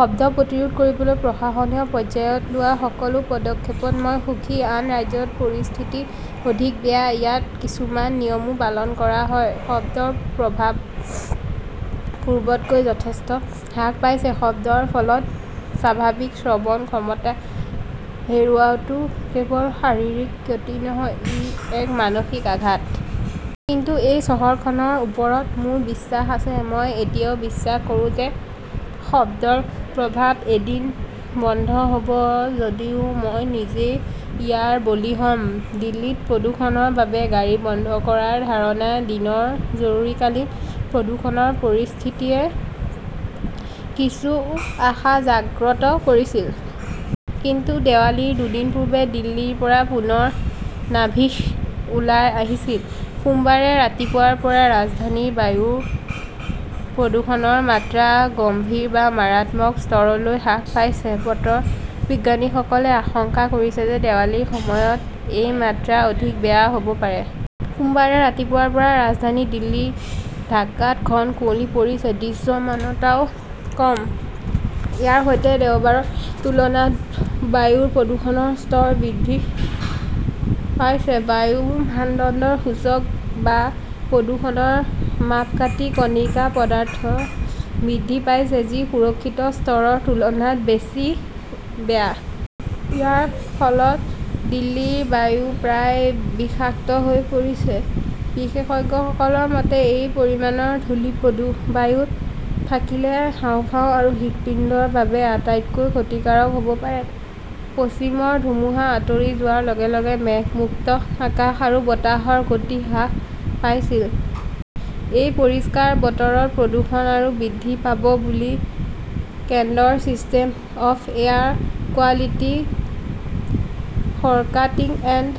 শব্দ প্ৰতিৰোধ কৰিবলৈ প্ৰশাসনীয় পৰ্যায়ত লোৱা সকলো পদক্ষেপত মই সুখী। আন ৰাজ্যত পৰিস্থিতি অধিক বেয়া। ইয়াত কিছুমান নিয়মো পালন কৰা হয়। শব্দৰ প্ৰভাৱ পূৰ্বতকৈ যথেষ্ট হ্ৰাস পাইছে। শব্দৰ ফলত স্বাভাৱিক শ্ৰৱণ ক্ষমতা হেৰুওৱাটো কেৱল শাৰীৰিক ক্ষতি নহয়, ই এক মানসিক আঘাত। কিন্তু এই চহৰখনৰ ওপৰত মোৰ বিশ্বাস আছে। মই এতিয়াও বিশ্বাস কৰোঁ যে শব্দৰ প্ৰভাৱ এদিন বন্ধ হব, যদিও মই নিজেই ইয়াৰ বলি হম। দিল্লীত প্ৰদূষণৰ বাবে গাড়ী বন্ধ কৰাৰ ধাৰণা দিনৰ জৰুৰীকালীন প্ৰদূষণৰ পৰিস্থিতিয়ে কিছু আশা জাগ্ৰত কৰিছিল। কিন্তু দেৱালীৰ দুদিন পূৰ্বে দিল্লীৰ পৰা পুনৰ "নাভিশ্ব" ওলাই আহিছিল। সোমবাৰে ৰাতিপুৱাৰ পৰা ৰাজধানীত বায়ু প্ৰদূষণৰ মাত্ৰা "গম্ভীৰ" বা মাৰাত্মক স্তৰলৈ হ্ৰাস পাইছে। বতৰ বিজ্ঞানীসকলে আশংকা কৰিছে যে, দেৱালীৰ সময়ত এই মাত্ৰা অধিক বেয়া হব পাৰে। সোমবাৰে ৰাতিপুৱাৰ পৰা ৰাজধানী দিল্লী, ঢাকাত ঘন ধোঁৱা পৰিছে। দৃশ্যমানতাও কম। ইয়াৰ সৈতে দেওবাৰৰ তুলনাত বায়ুৰ প্ৰদূষণৰ স্তৰ বৃদ্ধি পাইছে। বায়ুৰ মানদণ্ডৰ সূচক বা প্ৰদূষণৰ মাপকাঠি কণিকা পদাৰ্থ বৃদ্ধি পাইছে, যি সুৰক্ষিত স্তৰৰ তুলনাত বেছি বেয়া। ইয়াৰ ফলত দিল্লীৰ বায়ু প্ৰায় বিষাক্ত হৈ পৰিছে। বিশেষজ্ঞসকলৰ মতে, এই পৰিমাণৰ ধূলি প্ৰদূ বায়ুত থাকিলে হাঁওফাঁও আৰু হৃদপিণ্ডৰ বাবে আটাইতকৈ ক্ষতিকাৰক হব পাৰে। পশ্চিমৰ ধুমুহা আঁতৰি যোৱাৰ লগে লগে মেঘমুক্ত আকাশ আৰু বতাহৰ গতি হ্ৰাস পাইছিল। এই পৰিষ্কাৰ বতৰত প্ৰদূষণ আৰু বৃদ্ধি পাব বুলি কেন্দ্ৰৰ system of air quality forecasting and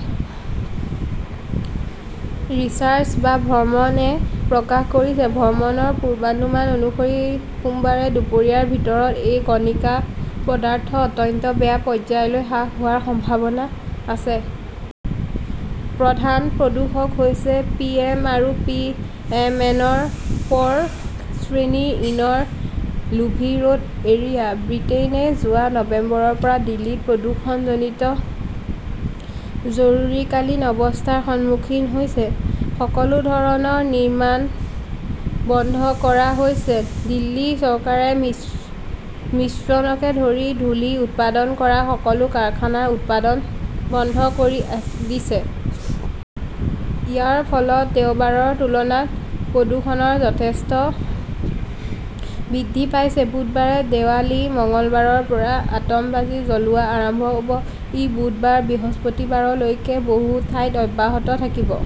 research বা "ভ্ৰমণ"-এ প্ৰকাশ কৰিছে। ভ্ৰমণৰ পূৰ্বানুমান অনুসৰি, সোমবাৰে দুপৰীয়াৰ ভিতৰত এই কণিকা পদাৰ্থ " অত্যন্ত বেয়া" পৰ্যায়লৈ হ্ৰাস হোৱাৰ সম্ভাৱনা আছে। প্ৰধান প্ৰদূষক হৈছে পিএম আৰু পিএম ইন 'প' ৰ 'শ্ৰেণী ইনৰ লোধি ৰোড এৰিয়া। ব্ৰিটেইনে যোৱা নৱেম্বৰৰ পৰা দিল্লীত প্ৰদূষণজনিত জৰুৰীকালীন অৱস্থাৰ সন্মুখীন হৈছে। সকলো ধৰণৰ নিৰ্মাণ বন্ধ কৰা হৈছে। দিল্লী চৰকাৰে মিশ্ৰণকে ধৰি ধূলি উৎপাদন কৰা সকলো কাৰখানাৰ উৎপাদন বন্ধ কৰি দিছে। ইয়াৰ ফলত দেওবাৰৰ তুলনাত প্ৰদূষণৰ যথেষ্ট বৃদ্ধি পাইছে। বুধবাৰে দীপাৱলী। মঙলবাৰৰ পৰা আতনবাজী জ্বলোৱা আৰম্ভ হব। ই বুধবাৰ-বৃহস্পতিবাৰলৈকে বহু ঠাইত অব্যাহত থাকিব।